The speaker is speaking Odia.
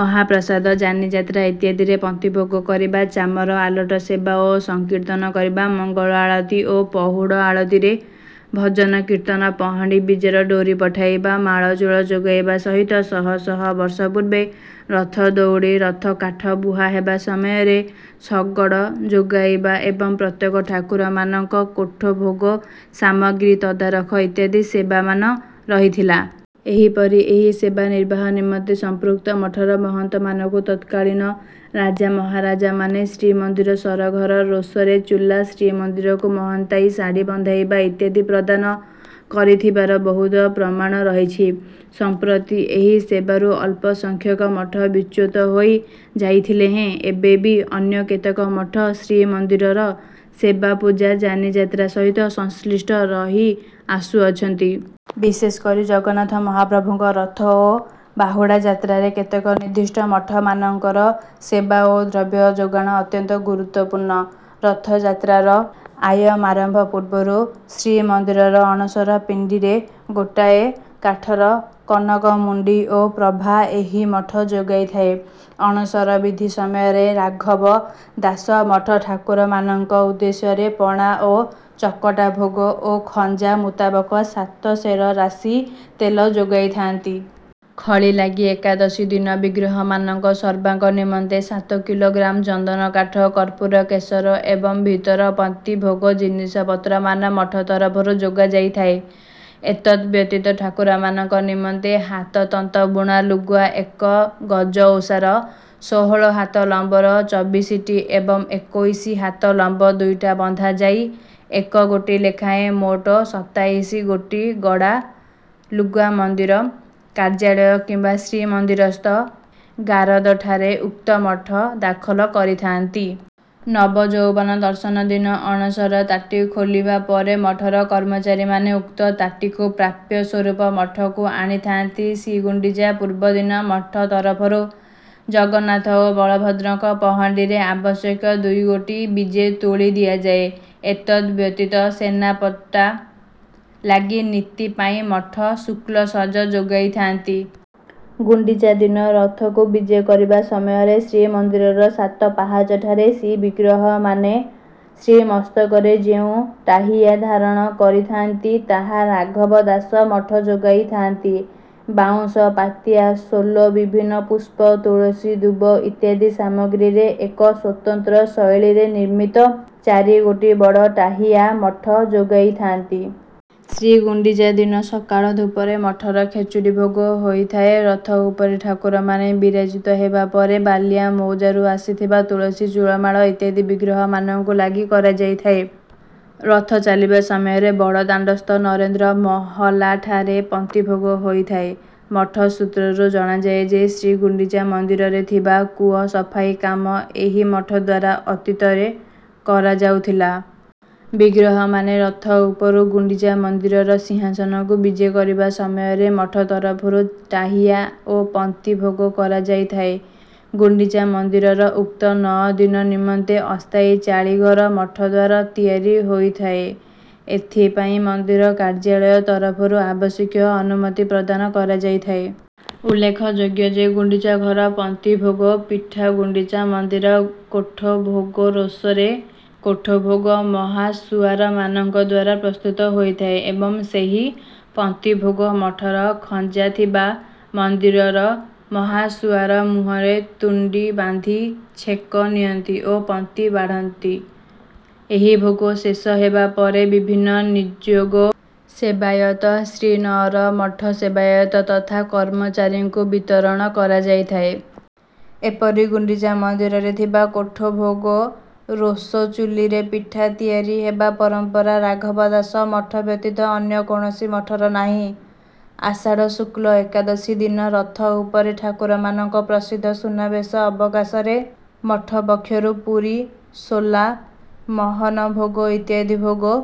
ମହାପ୍ରସାଦ, ଯାନିଯାତ୍ରା ଇତ୍ୟାଦିରେ ପନ୍ତି ଭୋଗ କରିବା, ଚାମର, ଆଲଟ ସେବା ଓ ସଂକୀର୍ତ୍ତନ କରିବା, ମଙ୍ଗଳ ଆଳତି ଓ ପହୁଡ଼ ଆଳତିରେ ଭଜନ କୀର୍ତ୍ତନ, ପହଣ୍ଡି ବିଜେର ଡୋରୀ ପଠାଇବା, ମାଳଚୂଳ ଯୋଗାଇବା ସହିତ ଶହ ଶହ ବର୍ଷ ପୂର୍ବେ ରଥ ଦଉଡ଼ି, ରଥକାଠ ବୁହା ହେବା ସମୟରେ ଶଗଡ଼ ଯୋଗାଇବା ଏବଂ ପ୍ରତ୍ୟେକ ଠାକୁରମାନଙ୍କ କୋଠ ଭୋଗ ସାମଗ୍ରୀ ତଦାରଖ ଇତ୍ୟାଦି ସେବାମାନ ରହିଥିଲା। ଏହିପରି ଏହି ସେବା ନିର୍ବାହ ନିମନ୍ତେ ସମ୍ପୃକ୍ତ ମଠର ମହନ୍ତମାନଙ୍କୁ ତତ୍କାଳୀନ ରାଜା ମହାରାଜାମାନେ ଶ୍ରୀମନ୍ଦିର ସରଘର, ରୋଷରେ ଚୁଲା, ଶ୍ରୀମନ୍ଦିରକୁ ମହନ୍ତାଇ ଶାଢ଼ୀ ବନ୍ଧାଇବା ଇତ୍ୟାଦି ପ୍ରଦାନ କରିଥିବାର ବହୁତ ପ୍ରମାଣ ରହିଛି। ସମ୍ପ୍ରତି ଏହି ସେବାରୁ ଅଳ୍ପ ସଂଖ୍ୟକ ମଠ ବିଚ୍ୟୁତ ହୋଇ ଯାଇଥିଲେ ହେଁ, ଏବେ ବି ଅନ୍ୟ କେତେକ ମଠ ଶ୍ରୀମନ୍ଦିରର ସେବାପୂଜା, ଯାନିଯାତ୍ରା ସହିତ ସଂଶ୍ଳିଷ୍ଟ ରହି ଆସୁଅଛନ୍ତି। ବିଶେଷକରି ଜଗନ୍ନାଥ ମହାପ୍ରଭୁଙ୍କର ରଥ ଓ ବାହୁଡ଼ା ଯାତ୍ରାରେ କେତେକ ନିର୍ଦ୍ଦିଷ୍ଟ ମଠମାନଙ୍କର ସେବା ଓ ଦ୍ରବ୍ୟ ଯୋଗାଣ ଅତ୍ୟନ୍ତ ଗୁରୁତ୍ୱପୂର୍ଣ୍ଣ। ରଥଯାତ୍ରାର ଅୟମାରମ୍ଭ ପୂର୍ବରୁ ଶ୍ରୀମନ୍ଦିରର ଅଣସର ପିଣ୍ଡିରେ ଗୋଟିଏ କାଠର କନକମୁଣ୍ଡି ଓ ପ୍ରଭା ଏହି ମଠ ଯୋଗାଇଥାଏ। ଅଣସର ବିଧି ସମୟରେ ରାଘବ ଦାସ ମଠ ଠାକୁରମାନଙ୍କ ଉଦ୍ଦେଶ୍ୟରେ ପଣା ଓ ଚକଟା ଭୋଗ, ଓ ଖଞ୍ଜା ମୁତାବକ ସାତ ସେର ରାଶି ତେଲ ଯୋଗାଇଥାନ୍ତି। ଖଳିଲାଗି ଏକାଦଶୀ ଦିନ ବିଗ୍ରହମାନଙ୍କ ସର୍ବାଙ୍ଗ ନିମନ୍ତେ ସାତ କିଲୋଗ୍ରାମ ଚନ୍ଦନକାଠ, କର୍ପୂର, କେଶର ଏବଂ ଭିତର ପନ୍ତି ଭୋଗ ଜିନିଷପତ୍ର ମାନ ମଠ ତରଫରୁ ଯୋଗାଯାଇଥାଏ। ଏତଦ୍ ବ୍ୟତୀତ ଠାକୁରମାନଙ୍କ ନିମନ୍ତେ ହାତତନ୍ତ ବୁଣା ଲୁଗା ଏକ ଗଜ ଓସାର, ଷୋହଳ ହାତ ଲମ୍ବର ଚୋବିଶିଟି ଏବଂ ଏକୋଇଶି ହାତ ଲମ୍ବ ଦୁଇଟି ବନ୍ଧା ଯାଇ ଏକଗୋଟି ଲେଖାଏଁ ମୋଟ ସତାଇଶି ଗୋଟି ଗଡ଼ା ଲୁଗା ମନ୍ଦିର କାର୍ଯ୍ୟାଳୟ କିମ୍ବା ଶ୍ରୀମନ୍ଦିରସ୍ଥ ଗାରଦଠାରେ ଉକ୍ତ ମଠ ଦାଖଲ କରିଥାନ୍ତି। ନବଯୌବନ ଦର୍ଶନ ଦିନ ଅଣସର ତାଟି ଖୋଲିବା ପରେ ମଠର କର୍ମଚାରୀମାନେ ଉକ୍ତ ତାଟିକୁ ପ୍ରାପ୍ୟ ସ୍ୱରୂପ ମଠକୁ ଆଣିଥାନ୍ତି। ଶ୍ରୀଗୁଣ୍ଡିଚା ପୂର୍ବ ଦିନ ମଠ ତରଫରୁ ଜଗନ୍ନାଥ ଓ ବଳଭଦ୍ରଙ୍କ ପହଣ୍ଡିରେ ଆବଶ୍ୟକ ଦୁଇ ଗୋଟି ବିଜେ ତୁଳୀ ଦିଆଯାଏ। ଏତଦ୍ ବ୍ୟତୀତ ସେନାପଟା ଲାଗି ନୀତି ପାଇଁ ମଠ ଶୁକ୍ଳ ସଜ ଯୋଗାଇଥାନ୍ତି। ଶ୍ରୀଗୁଣ୍ଡିଚା ଦିନ ରଥକୁ ବିଜେ କରିବା ସମୟରେ ଶ୍ରୀମନ୍ଦିରର ସାତ ପାହାଚଠାରେ ଶ୍ରୀବିଗ୍ରହମାନେ ଶ୍ରୀମସ୍ତକରେ ଯେଉଁ ଟାହିୟା ଧାରଣ କରିଥାନ୍ତି, ତାହା ରାଘବ ଦାସ ମଠ ଯୋଗାଇଥାନ୍ତି। ବାଉଁଶ ପାତିଆ, ସୋଲ, ବିଭିନ୍ନ ପୁଷ୍ପ, ତୁଳସୀ, ଦୁବ ଇତ୍ୟାଦି ସାମଗ୍ରୀରେ ଏକ ସ୍ୱତନ୍ତ୍ର ଶୈଳୀରେ ନିର୍ମିତ ଚାରି ଗୋଟି ବଡ଼ ଟାହିୟା ମଠ ଯୋଗାଇଥାନ୍ତି। ଶ୍ରୀଗୁଣ୍ଡିଚା ଦିନ ସକାଳ ଧୂପରେ ମଠର ଖେଚୁଡ଼ି ଭୋଗ ହୋଇଥାଏ। ରଥ ଉପରେ ଠାକୁରମାନେ ବିରାଜିତ ହେବା ପରେ ବାଲିଆ ମୌଜାରୁ ଆସିଥିବା ତୁଳସୀ ଚୂଳମାଳ ଇତ୍ୟାଦି ବିଗ୍ରହମାନଙ୍କୁ ଲାଗି କରାଯାଇଥାଏ। ରଥ ଚାଲିବା ସମୟରେ ବଡ଼ଦାଣ୍ଡସ୍ଥ ନରେନ୍ଦ୍ର ମହଲାଠାରେ ପନ୍ତିଭୋଗ ହୋଇଥାଏ। ମଠ ସୂତ୍ରରୁ ଜଣାଯାଏ ଯେ, ଶ୍ରୀଗୁଣ୍ଡିଚା ମନ୍ଦିରରେ ଥିବା କୂଅ ସଫାଇ କାମ ଏହି ମଠ ଦ୍ୱାରା ଅତୀତରେ କରାଯାଉଥିଲା। ବିଗ୍ରହମାନେ ରଥ ଉପରୁ ଗୁଣ୍ଡିଚା ମନ୍ଦିରର ସିଂହାସନକୁ ବିଜେ କରିବା ସମୟରେ ମଠ ତରଫରୁ ଟାହିୟା ଓ ପନ୍ତି ଭୋଗ କରାଯାଇଥାଏ। ଗୁଣ୍ଡିଚା ମନ୍ଦିରର ଉକ୍ତ ନଅ ଦିନ ନିମନ୍ତେ ଅସ୍ଥାୟୀ ଚାଳି ଘର ମଠ ଦ୍ୱାରା ତିଆରି ହୋଇଥାଏ। ଏଥିପାଇଁ ମନ୍ଦିର କାର୍ଯ୍ୟାଳୟ ତରଫରୁ ଆବଶ୍ୟକୀୟ ଅନୁମତି ପ୍ରଦାନ କରାଯାଇଥାଏ। ଉଲ୍ଲେଖଯୋଗ୍ୟ ଯେ, ଗୁଣ୍ଡିଚା ଘର ପନ୍ତି ଭୋଗ ପିଠା ଗୁଣ୍ଡିଚା ମନ୍ଦିର କୋଠ ଭୋଗ ରୋଷରେ କୋଠଭୋଗ ମହାସୁଆରମାନଙ୍କ ଦ୍ୱାରା ପ୍ରସ୍ତୁତ ହୋଇଥାଏ ଏବଂ ସେହି ପନ୍ତିଭୋଗ ମଠର ଖଞ୍ଜାଥିବା ମନ୍ଦିରର ମହାସୁଆର ମୁହଁରେ ତୁଣ୍ଡି ବାନ୍ଧି ଛେକ ନିଅନ୍ତି ଓ ପନ୍ତି ବାଢ଼ନ୍ତି। ଏହି ଭୋଗ ଶେଷ ହେବା ପରେ ବିଭିନ୍ନ ନିଯୋଗ, ସେବାୟତ, ଶ୍ରୀନଅର, ମଠ ସେବାୟତ ତଥା କର୍ମଚାରୀଙ୍କୁ ବିତରଣ କରାଯାଇଥାଏ। ଏପରିକି ଗୁଣ୍ଡିଚା ମନ୍ଦିରରେ ଥିବା କୋଠ ଭୋଗ ରୋଷ ଚୁଲିରେ ପିଠା ତିଆରି ହେବା ପରମ୍ପରା ରାଘବ ଦାସ ମଠ ବ୍ୟତୀତ ଅନ୍ୟ କୌଣସି ମଠର ନାହିଁ। ଆଷାଢ଼ ଶୁକ୍ଳ ଏକାଦଶୀ ଦିନ ରଥ ଉପରେ ଠାକୁରମାନଙ୍କ ପ୍ରସିଦ୍ଧ ସୁନାବେଶ ଅବକାଶରେ ମଠ ପକ୍ଷରୁ ପୁରି, ସୋଲା, ମହନ ଭୋଗ ଇତ୍ୟାଦି ଭୋଗ...